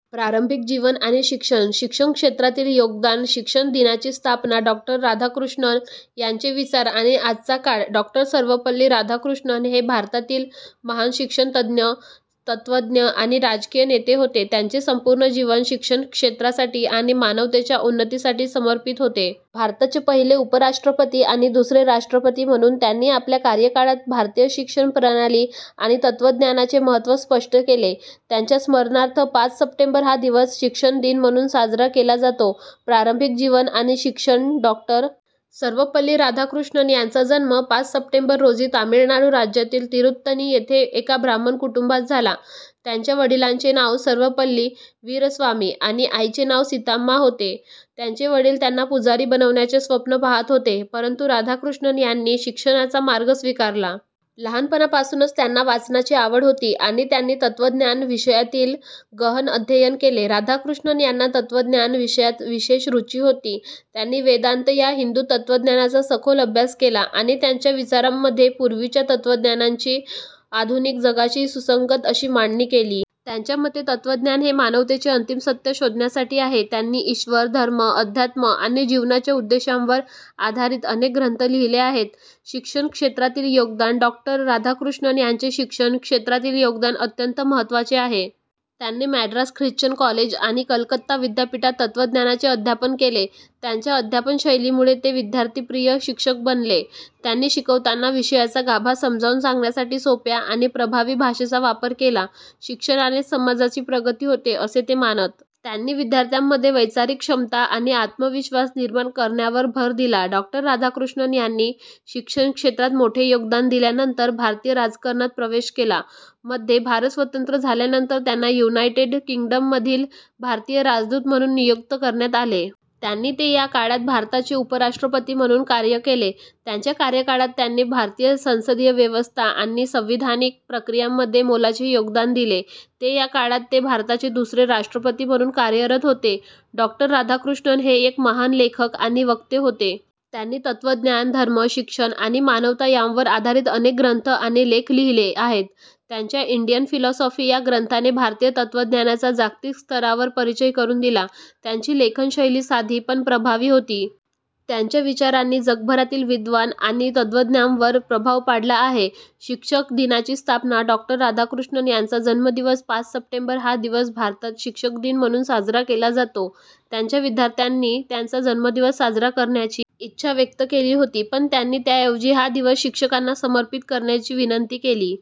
प्रारंभिक जीवन आणि शिक्षण, शिक्षण क्षेत्रातील योगदान, शिक्षक दिनाची स्थापना, डॉ. राधाकृष्णन यांचे विचार आणि आजचा काळ, डॉ. सर्वपल्ली राधाकृष्णन हे भारतातील महान शिक्षणतज्ज्ञ, तत्त्वज्ञ आणि राजकीय नेते होते. त्यांचे संपूर्ण जीवन शिक्षण क्षेत्रासाठी आणि मानवतेच्या उन्नतीसाठी समर्पित होते. भारताचे पहिले उपराष्ट्रपती आणि दुसरे राष्ट्रपती म्हणून त्यांनी आपल्या कार्यकाळात भारतीय शिक्षण प्रणाली आणि तत्त्वज्ञानाचे महत्त्व स्पष्ट केले. त्यांच्या स्मरणार्थ पाच सप्टेंबर हा दिवस शिक्षक दिन म्हणून साजरा केला जातो. प्रारंभिक जीवन आणि शिक्षण, डॉ. सर्वपल्ली राधाकृष्णन यांचा जन्म पाच सप्टेंबर रोजी तामिळनाडू राज्यातील तिरुत्तनी येथे एका ब्राह्मण कुटुंबात झाला. त्यांच्या वडिलांचे नाव सर्वपल्ली वीरस्वामी आणि आईचे नाव सीताम्मा होते. त्यांचे वडील त्यांना पुजारी बनवण्याचे स्वप्न पाहत होते, परंतु राधाकृष्णन यांनी शिक्षणाचा मार्ग स्वीकारला. लहानपणापासूनच त्यांना वाचनाची आवड होती आणि त्यांनी तत्त्वज्ञान विषयातील गहन अध्ययन केले. राधाकृष्णन यांना तत्त्वज्ञान विषयात विशेष रुची होती. त्यांनी वेदांत या हिंदू तत्त्वज्ञानाचा सखोल अभ्यास केला आणि त्यांच्या विचारांमध्ये पूर्वीच्या तत्त्वज्ञांची आधुनिक जगाशी सुसंगत अशी मांडणी केली. त्यांच्या मते, तत्त्वज्ञान हे मानवतेचे अंतिम सत्य शोधण्यासाठी आहे. त्यांनी ईश्वर, धर्म, अध्यात्म आणि जीवनाच्या उद्देशांवर आधारित अनेक ग्रंथ लिहिले आहेत. शिक्षण क्षेत्रातील योगदान, डॉ. राधाकृष्णन यांचे शिक्षण क्षेत्रातील योगदान अत्यंत महत्त्वाचे आहे. त्यांनी मॅड्रास ख्रिश्चन कॉलेज आणि कलकत्ता विद्यापीठात तत्त्वज्ञानाचे अध्यापन केले. त्यांच्या अध्यापन शैलीमुळे ते विद्यार्थीप्रिय शिक्षक बनले. त्यांनी शिकवताना विषयाचा गाभा समजावून सांगण्यासाठी सोप्या आणि प्रभावी भाषेचा वापर केला. शिक्षणानेच समाजाची प्रगती होते, असे ते मानत. त्यांनी विद्यार्थ्यांमध्ये वैचारिक क्षमता आणि आत्मविश्वास निर्माण करण्यावर भर दिला. डॉ. राधाकृष्णन यांनी शिक्षण क्षेत्रात मोठे योगदान दिल्यानंतर भारतीय राजकारणात प्रवेश केला. मध्ये भारत स्वतंत्र झाल्यानंतर त्यांना युनायटेड किंगडममधील भारतीय राजदूत म्हणून नियुक्त करण्यात आले. त्यांनी ते या काळात भारताचे उपराष्ट्रपती म्हणून कार्य केले. त्यांच्या कार्यकाळात त्यांनी भारतीय संसदीय व्यवस्था आणि संविधानिक प्रक्रियांमध्ये मोलाचे योगदान दिले. ते या काळात ते भारताचे दुसरे राष्ट्रपती म्हणून कार्यरत होते. डॉ. राधाकृष्णन हे एक महान लेखक आणि वक्ते होते. त्यांनी तत्त्वज्ञान, धर्म, शिक्षण आणि मानवता यांवर आधारित अनेक ग्रंथ आणि लेख लिहिले आहेत. त्यांच्या इंडियन फिलॉसॉफी या ग्रंथाने भारतीय तत्त्वज्ञानाचा जागतिक स्तरावर परिचय करून दिला. त्यांची लेखन शैली साधी, पण प्रभावी होती. त्यांच्या विचारांनी जगभरातील विद्वान आणि तत्त्वज्ञांवर प्रभाव पाडला आहे. शिक्षक दिनाची स्थापना, डॉ. राधाकृष्णन यांचा जन्मदिवस पाच सप्टेंबर हा दिवस भारतात शिक्षक दिन म्हणून साजरा केला जातो. त्यांच्या विद्यार्थ्यांनी त्यांचा जन्मदिवस साजरा करण्याची इच्छा व्यक्त केली होती, पण त्यांनी त्याऐवजी हा दिवस शिक्षकांना समर्पित करण्याची विनंती केली